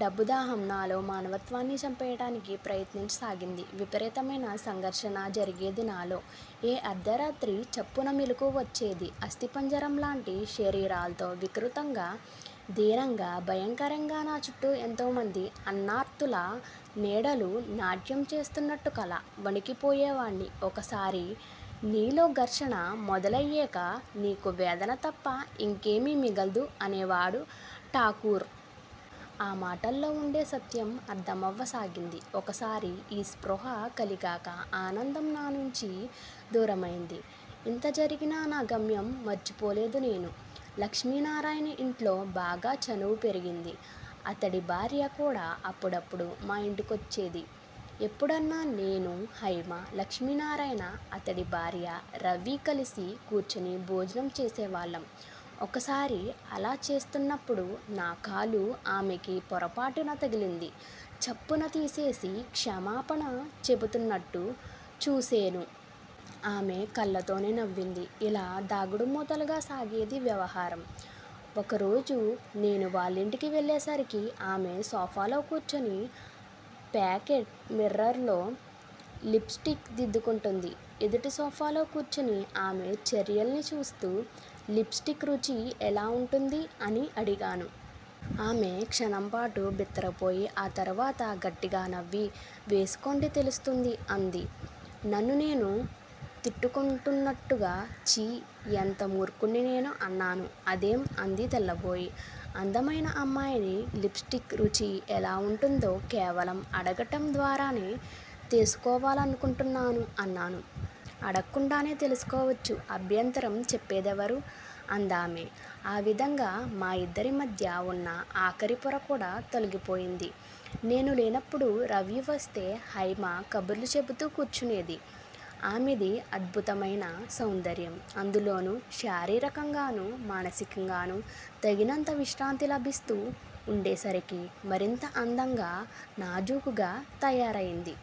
డబ్బు దాహం నాలో మానవత్వాన్ని చంపెయ్యటానికి ప్రయత్నించ సాగింది. విపరీతమైన సంఘర్షణ జరిగేది నాలో. ఏ అర్థరాత్రో చప్పున మెలకువ వచ్చేది అస్థిపంజరం లాంటి శరీరాల్తో వికృతంగా- దీనంగా -భయంకరంగా నాచుట్టూ ఎంతోమంది అన్నార్తుల నీడలు నాట్యం చేస్తున్నాట్టు కల. వణికిపోయేవాణ్ని. 'ఒకసారి నీలో ఘర్షణ మొదలయ్యేక నీకు వేదన తప్ప ఇంకేవీఁ మిగల్దు' అనేవాడు ఠాకూర్. ఆ మాటల్లో వుండే సత్యం అర్థమవసాగింది. ఒక్కసారి యీ స్పృహ కలిగాక ఆనందం నా నుంచి దూరమయింది. ఇంత జరిగినా నా గమ్యం మర్చిపోలేదు నేను. లక్ష్మీనారాయణ ఇంట్లో బాగా చనువు పెరిగింది. అతడి భార్య కూడా అప్పుడప్పుడు మా ఇంటికొచ్చేది. ఎప్పుడన్నా- నేను, హైమా, లక్ష్మీనారాయణ, అతడి భార్య, రవీ కలసి కూర్చొని భోజనం చేసేవాళ్ళం- ఒకసారి అలా చేస్తున్నప్పుడు నా కాలు ఆమెకి పొరపాటున తగిలింది చప్పున తీసేసి క్షమాపణ చెపుతున్నట్లు చూసేను. ఆమె కళ్ళతోనే నవ్వింది. ఇలా దాగుడుమూతలుగా సాగేది వ్యవహారం. ఒకరోజు నేను వాళ్ళింటికి వెళ్ళేసరికి, ఆమె సోఫాలో కూర్చొని పాకెట్ మిర్రర్ లో లిప్ స్టిక్ దిద్దుకొంటోంది. ఎదుటి సోఫాలో కూర్చొని ఆమె చర్యల్ని చూస్తూ, లిప్ స్టిక్ రుచి ఎలా వుంటుంది? అని అడిగాను. ఆమె క్షణంపాటు బిత్తరపోయి, ఆ తరువాత గట్టిగా నవ్వి- వేసుకోండి తెలుస్తుంది అంది. నన్ను నేను తిట్టుకొంటున్నట్టుగా ఛీ- ఎంత మూర్ఖుణ్ని నేను అన్నాను. అదేం అంది తెల్లబోయి. అందమైన అమ్మాయిని లిప్ స్టిక్ రుచి ఎలా వుంటుందో కేవలం 'అడగటం' ద్వారానే తెలుసుకోవాలకొంటున్నాను అన్నాను. అడక్కుండానే తెలుసుకోవచ్చు. అభ్యంతరం చెప్పిందెవరు? అందామె. ఆ విధంగా మా ఇద్దరి మాధ్యా వున్న ఆఖరి పోరకూడా తొలగిపోయింది. నేను లేనప్పుడు రవి వస్తే హైమ కబుర్లు చెబుతూ కూర్చొనేది. ఆమెది అద్భుతమైనా సౌందర్యం- అందులోనూ శారీరకంగానూ, మానసికంగానూ తగినంత విశ్రాంతి లభిస్తూ వుండేసరికి మరింత అందంగా, నాజూకుగా తయారైంది.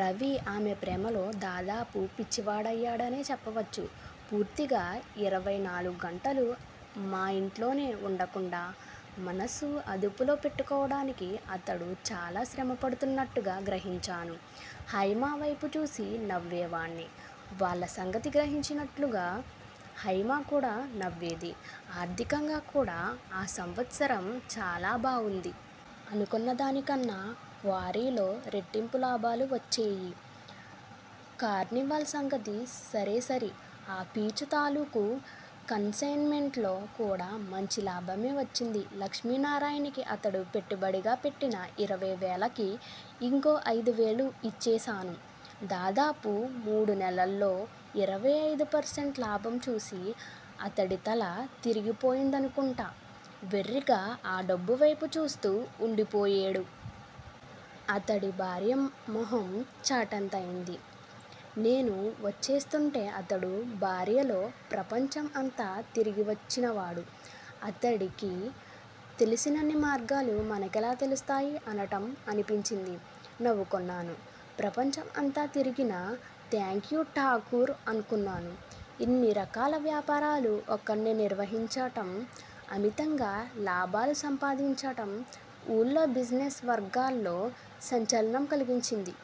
రవి ఆమె ప్రేమలో దాదాపు పిచ్చివాడయ్యాడనే చెప్పవచ్చు. పూర్తిగా ఇరవై నాలుగు గంటలూ మా ఇంట్లోనే వుండకుండా మనసు అదుపులో పెట్టుకోవటానికి అతడు చాలా శ్రమపడుతున్నట్టు గ్రహించాను. హైమ వేపు చూసి నవ్వేవాణ్ని, వాళ్ళ సంగతి గ్రహించినట్టుగా. హైమ కూడా నవ్వేది. ఆర్థికంగా కూడా ఆ సంవత్సరం చాలా బావుంది. అనుకున్నదానికన్నా క్వారీలో రెట్టింపు లాభాలు వచ్చేయి. కార్నివాల్ సంగతి సరేసరి. ఆ పీచు తాలూకు కన్ సైన్ మెంటులో కూడా మంచి లాభమే వచ్చింది. లక్ష్మీనారాయణకి అతడు పెట్టుబడిగా పెట్టిన ఇరవై వేలకి ఇంకో అయిదువేలు ఇచ్చేశాను. దాదాపు మూడు నెలల్లో ఇరవై అయిదు పర్సెంట్ లాభం చూసి, అతడి తల తిరిగిపోయిందనుకుంటా వెర్రిగా ఆ డబ్బువేపు చూస్తూ వుండిపోయేడు. అతడి భార్య మొహం చాటంతయింది. నేను వచ్చేస్తుంటే అతడు భార్యలో, ప్రపంచం అంతా తిరిగివచ్చినవాడు, అతడికి తెలిసినన్ని మార్గాలు మనకెలా తెలుస్తాయి? అనటం వినిపించింది. నవ్వుకొన్నాను. ప్రపంచం అంతా తిరిగినా? థాంక్యూ ఠాకూర్ అనుకొన్నాను. ఇన్ని రకాల వ్యాపారాలు ఒక్కణ్నే నిర్వహించటం, అమితంగా లాభాలు సంపాదించటం, ఊళ్ళో బిజినెస్ వర్గాల్లో సంచలనం కలిగించింది.